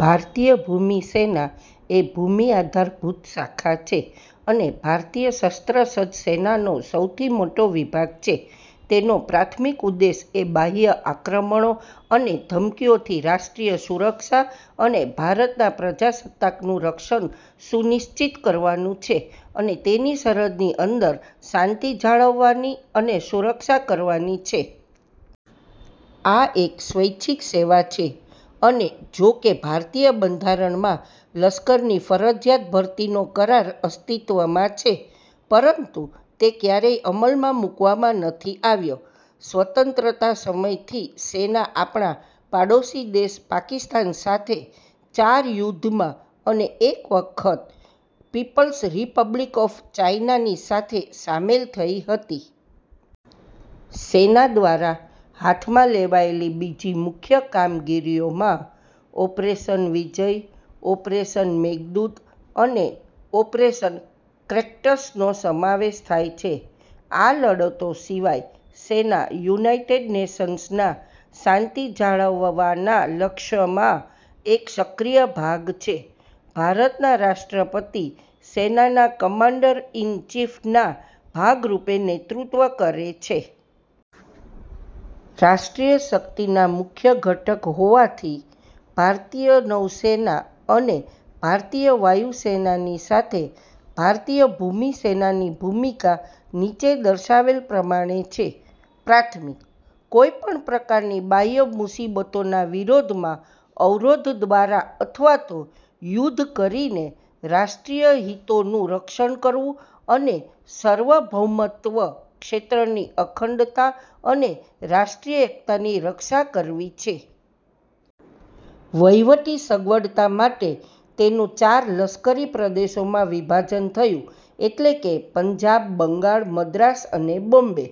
ભારતીય ભૂમિસેના એ ભૂમિ આધારભૂત શાખા છે અને ભારતીય શસ્ત્ર સજ્જ સેનાનો સૌથી મોટો વિભાગ છે. તેનો પ્રાથમિક ઉદ્દેશ એ બાહ્ય આક્રમણો અને ધમકીઓથી રાષ્ટ્રીય સુરક્ષા અને ભારતના પ્રજાસત્તાકનું રક્ષણ સુનિશ્ચિત કરવાનું છે અને તેની સરહદની અંદર શાંતિ જાળવવાની અને સુરક્ષા કરવાની છે. આ એક સ્વૈચ્છિક સેવા છે, અને જો કે ભારતીય બંધારણમાં લશ્કરની ફરજીયાત ભરતીનો કરાર અસ્તિત્વમાં છે, પરંતુ તે કયારેય અમલમાં મૂકવામાં નથી આવ્યો. સ્વતંત્રતા સમયથી સેના આપણા પાડોશી દેશ પાકિસ્તાન સાથે ચાર યુદ્ધમાં અને એક વખત પીપલ્સ રિપબ્લિક ઓફ ચાઇનાની સાથે સામેલ થઇ હતી. સેના દ્વારા હાથમાં લેવાયેલી બીજી મુખ્ય કામગીરીઓમાં ઓપરેશન વિજય, ઓપરેશન મેઘદૂત અને ઓપરેશન ક્રેકટસનો સમાવેશ થાય છે. આ લડતો સિવાય સેના યુનાઈટેડ નેશન્સના શાંતિ જાળવવાના લક્ષ્યમાં એક સક્રિય ભાગ છે. ભારતના રાષ્ટ્રપતિ સેનાના કમાન્ડર-ઈન-ચીફ ના ભાગરૂપે નેતૃત્વ કરે છે. " રાષ્ટ્રીય શકિતના મુખ્ય ઘટક હોવાથી, ભારતીય નૌસેના અને ભારતીય વાયુસેનાની સાથે, ભારતીય ભૂમિસેનાની ભૂમિકા નીચે દર્શાવેલ પ્રમાણે છે: પ્રાથમિક: કોઈપણ પ્રકારની બાહ્ય મૂસીબતોના વિરોધમાં અવરોધ દ્વારા અથવા તો યુદ્ધ કરીને રાષ્ટ્રીય હિતોનું રક્ષણ કરવું અને સર્વભૌમત્વ, ક્ષેત્રની અખંડતા અને રાષ્ટ્રીય એકતાની રક્ષા કરવી છે. વહીવટી સગવડતા માટે, તેનું ચાર લશ્કરી પ્રદેશમાં વિભાજન થયું એટલે કે પંજાબ, બંગાળ, મદ્રાસ અને બોમ્બે.